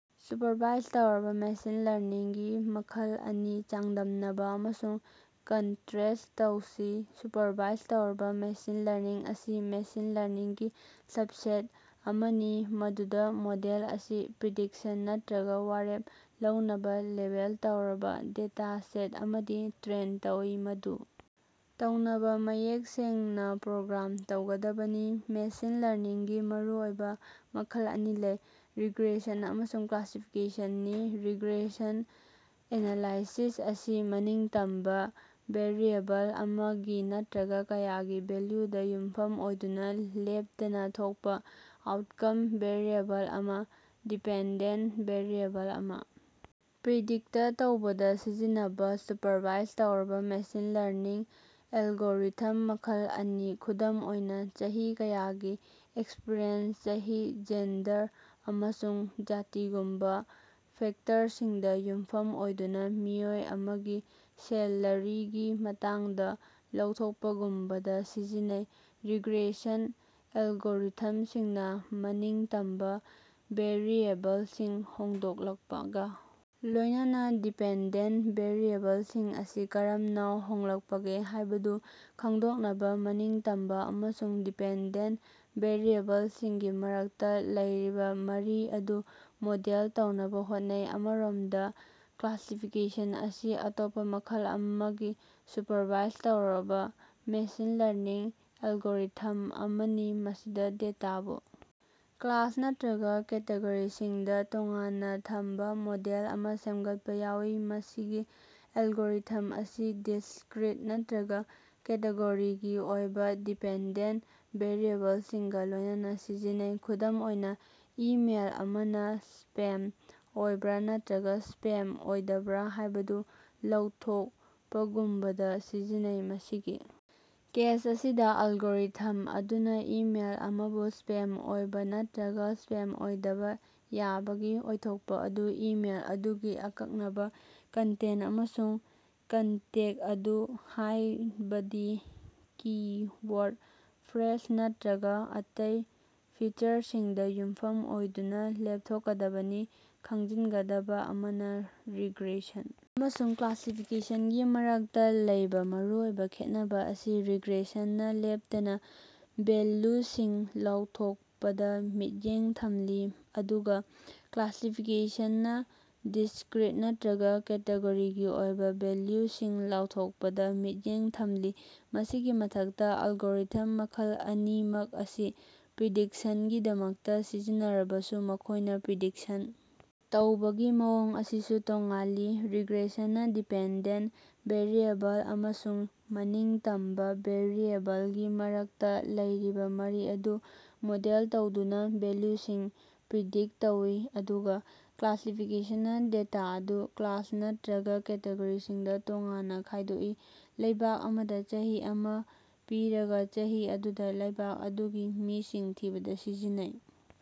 Supervise ꯇꯧꯔꯕꯥ machine ꯂꯔꯅꯤꯡꯒꯤ ꯃꯈꯜ ꯑꯅꯤ ꯆꯥꯡꯗꯝꯅꯕꯥ ꯑꯃꯁꯨꯡ ꯀꯟꯇ꯭ꯔꯦꯁ ꯇꯧꯁꯤ꯫ ꯁꯨꯄꯔꯚꯥꯏꯖ ꯇꯧꯔꯕꯥ ꯃꯦꯁꯤꯟ ꯂꯔꯅꯤꯡ ꯑꯁꯤ ꯃꯦꯁꯤꯟ ꯂꯔꯅꯤꯡꯒꯤ ꯁꯕꯁꯦꯠ ꯑꯃꯅꯤ ꯃꯗꯨꯗꯥ ꯃꯣꯗꯦꯜ ꯑꯁꯤ ꯄ꯭ꯔꯤꯗꯤꯛꯁꯟ ꯅꯠꯇ꯭ꯔꯒꯥ ꯋꯥꯔꯦꯞ ꯂꯧꯅꯕꯥ ꯂꯦꯕꯦꯜ ꯇꯧꯔꯕꯥ ꯗꯦꯇꯥꯁꯦꯠ ꯑꯃꯗꯥ ꯇ꯭ꯔꯦꯟ ꯇꯧꯏ, ꯃꯗꯨ ꯇꯧꯅꯕꯥ ꯃꯌꯦꯛ ꯁꯦꯡꯅꯥ ꯄ꯭ꯔꯣꯒ꯭ꯔꯥꯝ ꯇꯧꯒꯗꯕꯅꯤ꯫ ꯃꯦꯁꯤꯟ ꯂꯔꯅꯤꯡꯒꯤ ꯃꯔꯨꯑꯣꯏꯕꯥ ꯃꯈꯜ ꯑꯅꯤ ꯂꯩ: ꯔꯤꯒ꯭ꯔꯦꯁꯟ ꯑꯃꯁꯨꯡ ꯀ꯭ꯂꯥꯁꯤꯐꯤꯀꯦꯁꯟꯅꯤ꯫ ꯔꯤꯒ꯭ꯔꯦꯁꯟ ꯑꯦꯅꯥꯂꯥꯏꯁꯤꯁ ꯑꯁꯤ ꯃꯅꯤꯡꯇꯝꯕꯥ ꯚꯦꯔꯤꯑꯦꯕꯜ ꯑꯃꯒꯤ ꯅꯠꯇ꯭ꯔꯒꯥ ꯀꯌꯥꯒꯤ ꯚꯦꯜꯂꯨꯗꯥ ꯌꯨꯝꯐꯝ ꯑꯣꯏꯗꯨꯅꯥ ꯂꯦꯞꯇꯅꯥ ꯊꯣꯛꯄꯥ ꯑꯥꯎꯠꯀꯝ ꯚꯦꯔꯤꯑꯦꯕꯜ ꯑꯃꯥ ꯗꯤꯄꯦꯟꯗꯦꯟꯇ ꯚꯦꯔꯤꯑꯦꯕꯜ ꯑꯃꯥ ꯄ꯭ꯔꯤꯗꯤꯛꯇ ꯇꯧꯕꯗꯥ ꯁꯤꯖꯤꯟꯅꯕꯥ ꯁꯨꯄꯔꯚꯥꯏꯖ ꯇꯧꯔꯕꯥ ꯃꯦꯁꯤꯟ ꯂꯔꯅꯤꯡ ꯑꯦꯜꯒꯣꯔꯤꯊꯝ ꯃꯈꯜ ꯑꯃꯅꯤ꯫ ꯈꯨꯗꯝ ꯑꯣꯏꯅꯥ, ꯆꯍꯤ ꯀꯌꯥꯒꯤ ꯑꯦꯛꯁꯄꯤꯔꯤꯑꯦꯟꯁ, ꯆꯍꯤ, ꯖꯦꯟꯗꯔ ꯑꯃꯁꯨꯡ ꯖꯥꯇꯤꯒꯨꯝꯕꯥ ꯐꯦꯛꯇꯔꯁꯤꯡꯗꯥ ꯌꯨꯝꯐꯝ ꯑꯣꯏꯗꯨꯅꯥ ꯃꯤꯑꯣꯏ ꯑꯃꯒꯤ ꯁꯦꯂꯔꯤꯒꯤ ꯃꯇꯥꯡꯗꯥ ꯂꯥꯎꯊꯣꯛꯄꯥꯒꯨꯝꯕꯗꯥ ꯁꯤꯖꯤꯟꯅꯩ꯫ ꯔꯤꯒ꯭ꯔꯦꯁꯟ ꯑꯦꯜꯒꯣꯔꯤꯊꯝꯁꯤꯡꯅꯥ ꯃꯅꯤꯡꯇꯝꯕꯥ ꯚꯦꯔꯤꯑꯦꯕꯜꯁꯤꯡ ꯍꯣꯡꯂꯛꯄꯒꯥ ꯂꯣꯏꯅꯅꯥ ꯗꯤꯄꯦꯟꯗꯦꯟꯇ ꯚꯦꯔꯤꯑꯦꯕꯜꯁꯤꯡ ꯑꯁꯤ ꯀꯔꯝꯅꯥ ꯍꯣꯡꯂꯛꯄꯒꯦ ꯍꯥꯏꯕꯗꯨ ꯈꯪꯗꯣꯛꯅꯕꯥ ꯃꯅꯤꯡꯇꯝꯕꯥ ꯑꯃꯁꯨꯡ ꯗꯤꯄꯦꯟꯗꯦꯟꯇ ꯚꯦꯔꯤꯑꯦꯕꯜꯁꯤꯡꯒꯤ ꯃꯔꯛꯇꯥ ꯂꯩꯔꯤꯕꯥ ꯃꯔꯤ ꯑꯗꯨ ꯃꯣꯗꯦꯜ ꯇꯧꯅꯕꯥ ꯍꯣꯠꯅꯩ꯫ ꯑꯃꯔꯣꯝꯗꯥ ꯀ꯭ꯂꯥꯁꯤꯐꯤꯀꯦꯁꯟ ꯑꯁꯤ ꯑꯇꯣꯞꯄꯥ ꯃꯈꯜ ꯑꯃꯒꯤ ꯁꯨꯄꯔꯚꯥꯏꯖ ꯇꯧꯔꯕꯥ ꯃꯦꯁꯤꯟ ꯂꯔꯅꯤꯡ ꯑꯦꯜꯒꯣꯔꯤꯊꯝ ꯑꯃꯅꯤ ꯃꯁꯤꯗꯥ ꯗꯦꯇꯥꯕꯨ ꯀ꯭ꯂꯥꯁ ꯅꯠꯇ꯭ꯔꯒꯥ ꯀꯦꯇꯦꯒꯣꯔꯤꯁꯤꯡꯗꯥ ꯇꯣꯉꯥꯟꯅꯥ ꯊꯝꯕꯥ ꯃꯣꯗꯦꯜ ꯑꯃꯥ ꯁꯦꯝꯒꯠꯄꯥ ꯌꯥꯎꯏ꯫ ꯃꯁꯤꯒꯤ ꯑꯦꯜꯒꯣꯔꯤꯊꯝ ꯑꯁꯤ ꯗꯤꯁꯀ꯭ꯔꯤꯠ ꯅꯠꯇ꯭ꯔꯒꯥ ꯀꯦꯇꯦꯒꯣꯔꯤꯒꯤ ꯑꯣꯏꯕꯥ ꯗꯤꯄꯦꯟꯗꯦꯟꯇ ꯚꯦꯔꯤꯑꯦꯕꯜꯁꯤꯡꯒꯥ ꯂꯣꯏꯅꯅꯥ ꯁꯤꯖꯤꯟꯅꯩ꯫ ꯈꯨꯗꯝ ꯑꯣꯏꯅꯥ, ꯏꯃꯦꯜ ꯑꯃꯅꯥ ꯁ꯭ꯄꯦꯝ ꯑꯣꯏꯕ꯭ꯔꯥ ꯅꯠꯇ꯭ꯔꯒꯥ ꯁ꯭ꯄꯦꯝ ꯑꯣꯏꯗꯕ꯭ꯔꯥ ꯍꯥꯏꯕꯗꯨ ꯂꯥꯎꯊꯣꯛꯄꯥꯒꯨꯝꯕꯗꯥ ꯁꯤꯖꯤꯟꯅꯩ꯫ ꯃꯁꯤꯒꯤ ꯀꯦꯁ ꯑꯁꯤꯗꯥ, ꯑꯦꯜꯒꯣꯔꯤꯊꯝ ꯑꯗꯨꯅꯥ ꯏꯃꯦꯜ ꯑꯃꯕꯨ ꯁ꯭ꯄꯦꯝ ꯑꯣꯏꯕꯥ ꯅꯠꯇ꯭ꯔꯒꯥ ꯁ꯭ꯄꯦꯝ ꯑꯣꯏꯗꯕꯥ ꯌꯥꯕꯒꯤ ꯑꯣꯏꯊꯣꯛꯄꯥ ꯑꯗꯨ ꯏꯃꯦꯜ ꯑꯗꯨꯒꯤ ꯑꯀꯛꯅꯕꯥ ꯀꯟꯇꯦꯟꯇ ꯑꯃꯁꯨꯡ ꯀꯟꯇꯦꯛꯁ ꯑꯗꯨ ꯍꯥꯏꯕꯗꯤ ꯀꯤ-ꯋꯥꯔꯗ, ꯐ꯭ꯔꯦꯖ ꯅꯠꯇ꯭ꯔꯒꯥ ꯑꯇꯩ ꯐꯤꯆꯔꯁꯤꯡꯗꯥ ꯌꯨꯝꯐꯝ ꯑꯣꯏꯗꯨꯅꯥ ꯂꯦꯞꯊꯣꯛꯀꯗꯕꯅꯤ꯫ ꯈꯪꯖꯤꯟꯒꯗꯕꯥ ꯑꯃꯅꯥ, ꯔꯤꯒ꯭ꯔꯦꯁꯟ ꯑꯃꯁꯨꯡ ꯀ꯭ꯂꯥꯁꯤꯐꯤꯀꯦꯁꯟꯒꯤ ꯃꯔꯛꯇꯥ ꯂꯩꯕꯥ ꯃꯔꯨꯑꯣꯏꯕꯥ ꯈꯦꯠꯅꯕꯥ ꯑꯁꯤ ꯔꯤꯒ꯭ꯔꯦꯁꯟꯅꯥ ꯂꯦꯞꯇꯅꯥ ꯚꯦꯜꯂꯨꯁꯤꯡ ꯂꯥꯎꯊꯣꯛꯄꯗꯥ ꯃꯤꯠꯌꯦꯡ ꯊꯝꯂꯤ ꯑꯗꯨꯒꯥ ꯀ꯭ꯂꯥꯁꯤꯐꯤꯀꯦꯁꯟꯅꯥ ꯗꯤꯁꯀ꯭ꯔꯤꯠ ꯅꯠꯇ꯭ꯔꯒꯥ ꯀꯦꯇꯦꯒꯣꯔꯤꯒꯤ ꯑꯣꯏꯕꯥ ꯚꯦꯜꯂꯨꯁꯤꯡ ꯂꯥꯎꯊꯣꯛꯄꯗꯥ ꯃꯤꯠꯌꯦꯡ ꯊꯝꯂꯤ꯫ ꯃꯁꯤꯒꯤ ꯃꯊꯛꯇꯥ, ꯑꯦꯜꯒꯣꯔꯤꯊꯝ ꯃꯈꯜ ꯑꯅꯤꯃꯛ ꯑꯁꯤ ꯄ꯭ꯔꯤꯗꯤꯛꯁꯟꯒꯤꯗꯃꯛꯇꯥ ꯁꯤꯖꯤꯟꯅꯔꯕꯁꯨ, ꯃꯈꯣꯏꯅꯥ ꯄ꯭ꯔꯤꯗꯤꯛꯁꯟ ꯇꯧꯕꯒꯤ ꯃꯑꯣꯡ ꯑꯁꯤꯁꯨ ꯇꯣꯉꯥꯜꯂꯤ; ꯔꯤꯒ꯭ꯔꯦꯁꯟꯅꯥ ꯗꯤꯄꯦꯟꯗꯦꯟꯇ ꯚꯦꯔꯤꯑꯦꯕꯜ ꯑꯃꯁꯨꯡ ꯃꯅꯤꯡꯇꯝꯕꯥ ꯚꯦꯔꯤꯑꯦꯕꯜꯒꯤ ꯃꯔꯛꯇꯥ ꯂꯩꯔꯤꯕꯥ ꯃꯔꯤ ꯑꯗꯨ ꯃꯣꯗꯦꯜ ꯇꯧꯗꯨꯅꯥ ꯚꯦꯜꯂꯨꯁꯤꯡ ꯄ꯭ꯔꯤꯗꯤꯛꯇ ꯇꯧꯏ, ꯑꯗꯨꯒꯥ ꯀ꯭ꯂꯥꯁꯤꯐꯤꯀꯦꯁꯟꯅꯥ ꯗꯦꯇꯥ ꯑꯗꯨ ꯀ꯭ꯂꯥꯁ ꯅꯠꯇꯔꯒꯥ ꯀꯦꯇꯦꯒꯣꯔꯤꯁꯤꯡꯗꯥ ꯇꯣꯉꯥꯟꯅꯥ ꯈꯥꯏꯗꯣꯛꯏ꯫ ꯂꯩꯕꯥꯛ ꯑꯃꯗꯤ ꯆꯍꯤ ꯑꯃꯥ ꯄꯤꯔꯒꯥ, ꯆꯍꯤ ꯑꯗꯨꯗꯥ ꯂꯩꯕꯥꯛ ꯑꯗꯨꯒꯤ ꯃꯤꯁꯤꯡ ꯊꯤꯕꯗ ꯁꯤꯖꯤꯟꯅꯩ꯫